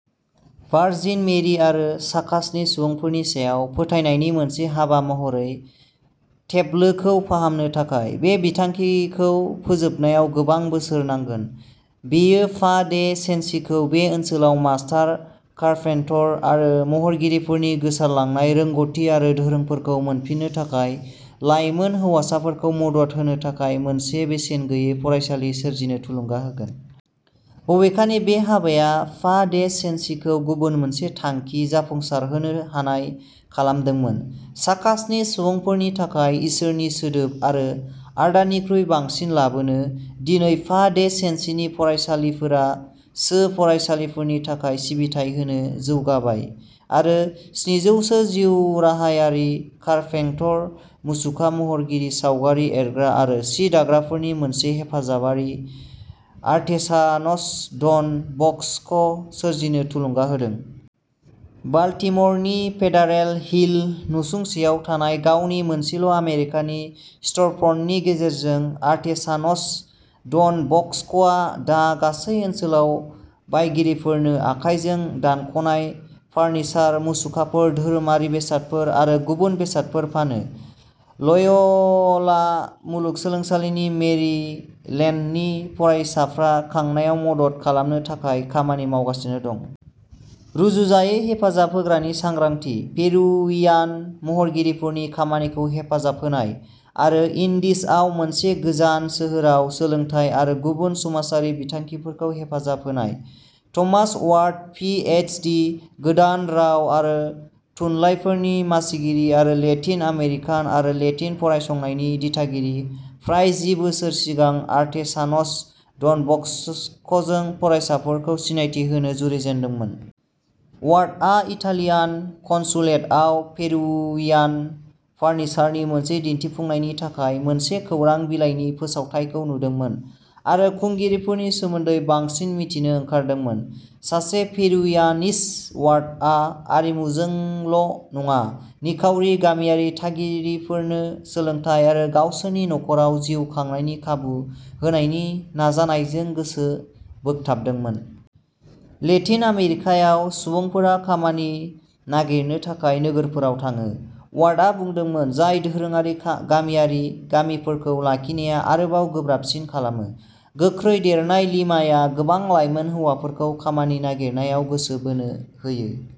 Virgin Mary आरो चाकासनि सुबुंफोरनि सायाव फोथायनायनि मोनसे हाबा महरै टेब्लोखौ फाहामनो थाखाय। बे बिथांखिखौ फोजोबनायाव गोबां बोसोर नांगोन। बेयो फा डे सेन्सिखौ बे ओनसोलाव मास्टार कारपेंटर आरो महरगिरिफोरनि गोमोरलांनाय रोंग'थि आरो दोरोंफोरखौ मोनफिन्नो थाखाय लाइमोन हौवासाफोरखौ मदद होनो थाखाय मोनसे बेसेन गैयै फरायसालि सोरजिनो थुलुंगा होगोन। बबेखानि, बे हाबाया फा डे सेन्सिखौ गुबुन मोनसे थांखि जाफुंसारहोनो हानाय खालामदोंमोन चाकासनि सुबुंफोरनि थाखाय इसोरनि सोदोब आरो आदारनिख्रुइ बांसिन लाबोनो। दिनै, फा डे सेन्सिनि फरायसालिफोरा सो फरायसाफोरनि थाखाय सिबिथाय होनो जौगाबाय आरो स्निजौसो जिउराहायारि कारपेंटर, मुसुखा महरगिरि, सावगारि एरग्रा आरो सि दाग्राफोरनि मोनसे हेफाजाबारि, आर्टेसान'स डन बस्क' सोरजिनो थुलुंगा होदों। बाल्टिम'रनि फेडारेल हिल नसुंसेआव थानाय गावनि मोनसेल' आमेरिकानि स्ट'रफ्रन्टनि गेजेरजों, आर्टेसान'स डन बस्क'आ दा गासै ओनसोलाव बायगिरिफोरनो आखाइजों दानख'नाय फार्निचार, मुसुखाफोर, धोरोमारि बेसादफोर आरो गुबुन बेसादफोर फानो। ल'य'ला मुलुगसोलोंसालि मेरिलेन्डनि फरायसाफ्रा खांनायाव मदद खालामनो थाखाय खामानि मावगासिनो दं। रुजुजायै हेफाजाब होग्रानि सांग्रांथि, पेरुवियान महरगिरिफोरनि खामानिखौ हेफाजाब होनाय आरो एन्डिजआव मोनसे गोजान सोहोराव सोलोंथाय आरो गुबुन समाजारि बिथांखिफोरखौ हेफाजाब होनाय। Thomas Ward, P H D, गोदान राव आरो थुनलाइफोरनि मासिगिरि आरो लेटिन आमेरिकान आरो लेटिन' फरायसंनायनि दिथागिरि, फ्राय जि बोसोर सिगां आर्टेसान'स डन बस्क'जों फरायसाफोरखौ सिनायथि होनो जुरिजेनदोंमोन। वार्डआ इटालियान कन्सुलेटआव पेरुवियान फार्निचारनि मोनसे दिन्थिफुंनायनि थाखाय मोनसे खौरां बिलाइनि फोसावथाइखौ नुदोंमोन आरो खुंगिरिफोरनि सोमोन्दै बांसिन मिथिनो ओंखारदोंमोन। सासे पेरुवियानिस्ट, वार्डआ आरिमुजोंल' नङा, निखावरि, गामियारि थागिरिफोरनो सोलोंथाय आरो गावसोरनि नख'राव जिउ खांनायनि खाबु होनायनि नाजानायजों गोसो बोगथाबदोंमोन। लेटिन आमेरिकायाव, सुबुंफोरा खामानि नागिरनो थाखाय नोगोरफोराव थाङो, वार्डआ बुंदोंमोन, जाय दोरोङारि, गामियारि गामिफोरखौ लाखिनाया आरोबाव गोब्राबसिन खालामो। गोख्रै देरनाय लिमाया गोबां लाइमोन हौवाफोरखौ खामानि नागिरनायाव गोसो बोनो हायो।